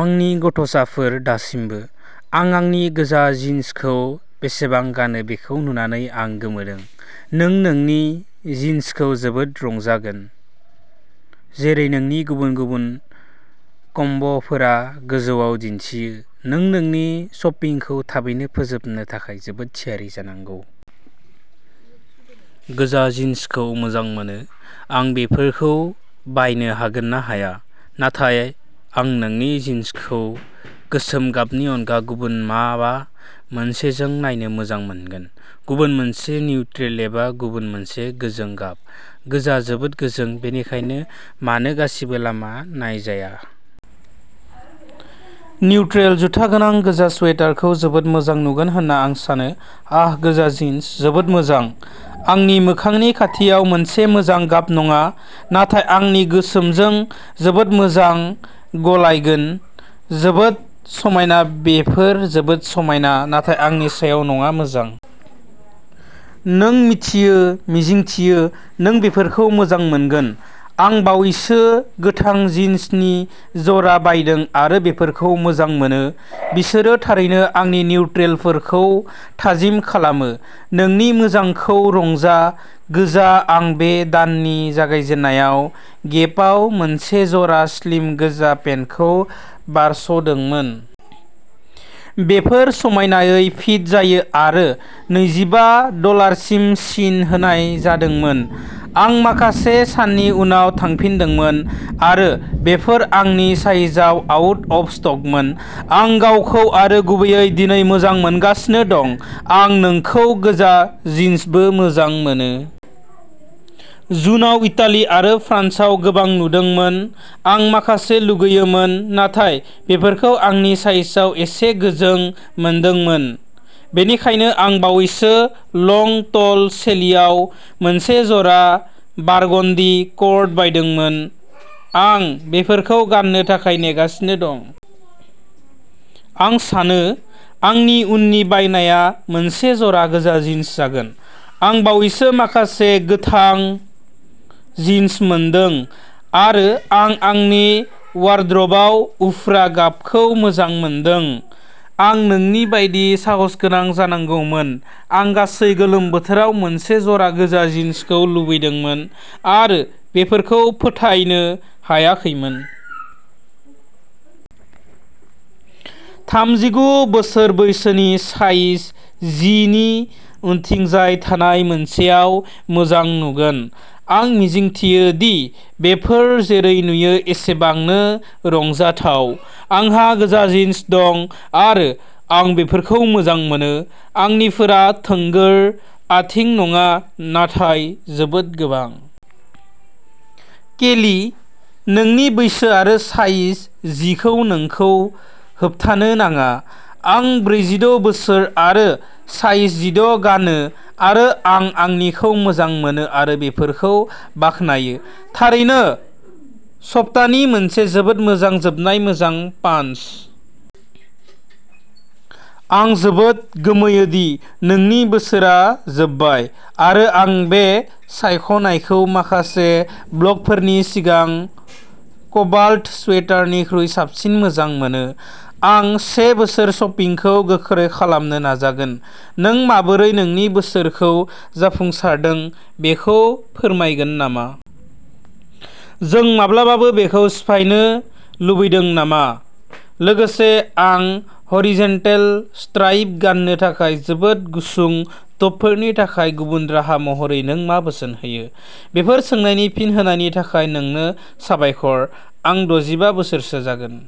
आंनि गथ'साफोर दासिमबो। आं आंनि गोजा जिनसखौ बेसेबां गानो बेखौ नुनानै आं गोमोदों। नों नोंनि जिनसखौ जोबोद रंजागोन। जेरै नोंनि गुबुन गुबुन कम्ब’फोरा गोजौआव दिनथियो। नों नोंनि शपिंखौ थाबैनो फोजोबनो थाखाय जोबोद थियारि जानांगौ। गोजा जिनसखौ मोजां मोनो। आं बेफोरखौ बायनो हागोन ना हाया? नाथाय आं नोंनि जिनसखौ गोसोम गाबनि अनगा गुबुन माबा मोनसेजों नायनो मोजां मोनगोन। गुबुन मोनसे निउट्रेल एबा गुबुन मोनसे गोजों गाब। गोजा जोबोद गोजों, बेनिखायनो मानो गासिबो लामा नायजाया। निउट्रेल जुथा गोनां गोजा स्वेटार खौ जोबोद मोजां नुगोन होनना आं सानो। आह गोजा जिन्स। जोबोद मोजां। आंनि मोखांनि खाथियाव मोनसे मोजां गाब नङा, नाथाय आंनि गोसोमजों जोबोद मोजां गलायगोन, जोबोद समायना बेफोर जोबोद समायना, नाथाय आंनि सायाव नङा मोजां। नों मिथियो मिजिंथियो नों बेफोरखौ मोजां मोनगोन। आं बावैसो गोथां जिनसनि जरा बायदों आरो बेफोरखौ मोजां मोनो। बिसोरो थारैनो आंनि निउट्रेलफोरखौ थाजिम खालामो। नोंनि मोजांखौ रंजा। गोजा आं बे दाननि जागायजेननायाव गेपआव मोनसे जरा स्लिम गोजा पेन्टखौ बारस'दोंमोन। बेफोर समायनायै फिट जायो आरो नैजिबा डलारसिम सिन होनाय जादोंमोन। आं माखासे साननि उनाव थांफिनदोंमोन आरो बेफोर आंनि साइजआव आउट अफ स्टकमोन। आं गावखौ आरो गुबैयै दिनै मोजां मोनगासिनो दं। आं नोंखौ गोजा जिन्सबो मोजां मोनो। जुनआव इटाली आरो फ्रान्सआव गोबां नुदोंमोन। आं माखासे लुगैयोमोन। नाथाय बेफोरखौ आंनि साइजआव एसे गोजों मोनदोंमोन। बेनिखायनो आं बावैसो लं टल सेलिआव मोनसे जरा बारगनदि कर्ड बायदोंमोन। आं बेफोरखौ गाननो थाखाय नेगासिनो दं। आं सानो आंनि उननि बायनाया मोनसे जरा गोजा जिन्स जागोन। आं बावैसो माखासे गोथां जिन्स मोनदों आरो आं आंनि वारद्रबआव उफ्रा गाबखौ मोजां मोनदों। आं नोंनि बायदि साहसगोनां जानांगौमोन। आं गासै गोलोम बोथोराव मोनसे जरा गोजा जिन्सखौ लुबैदोंमोन आरो बेफोरखौ फोथायनो हायाखैमोन। थामजिगु बोसोर बैसोनि साइज जि नि उनथिंजाय थानाय मोनसेआव मोजां नुगोन। आं मिजिंथियो दि बेफोर जेरै नुयो एसेबांनो रंजाथाव। आंहा गोजा जिन्स दं आरो आं बेफोरखौ मोजां मोनो। आंनिफोरा थोंगोर आथिं नङा नाथाय जोबोद गोबां। केली, नोंनि बैसो आरो साइज जि खौ नोंखौ होबथानो नाङा। आं ब्रैजिद’ बोसोर आरो साइज जिद’ गानो आरो आं आंनिखौ मोजां मोनो आरो बेफोरखौ बाखनायो। थारैनो सपतानि मोनसे जोबोद मोजां जोबनाय मोजां पानस। आं जोबोद गोमोयो दि नोंनि बोसोरआ जोबबाय आरो आं बे सायख'नायखौ माखासे ब्लगफोरनि सिगां क'बाल्ट स्वेटारनिख्रुइ साबसिन मोजां मोनो। आं से बोसोर शपिंखौ गोख्रै खालामनो नाजागोन। नों माबोरै नोंनि बोसोरखौ जाफुंसारदों बेखौ फोरमायगोन नामा? जों माब्लाबाबो बेखौ सिफायनो लुबैदों नामा? लोगोसे, आं ह'रिजनटेल स्ट्राइप गाननो थाखाय जोबोद गुसुं टपफोरनि थाखाय गुबुन राहा महरै नों मा बोसोन होयो? बेफोर सोंनायनि फिन होनायनि थाखाय नोंनो साबायखर। आं द’जिबा बोसोरसो जागोन।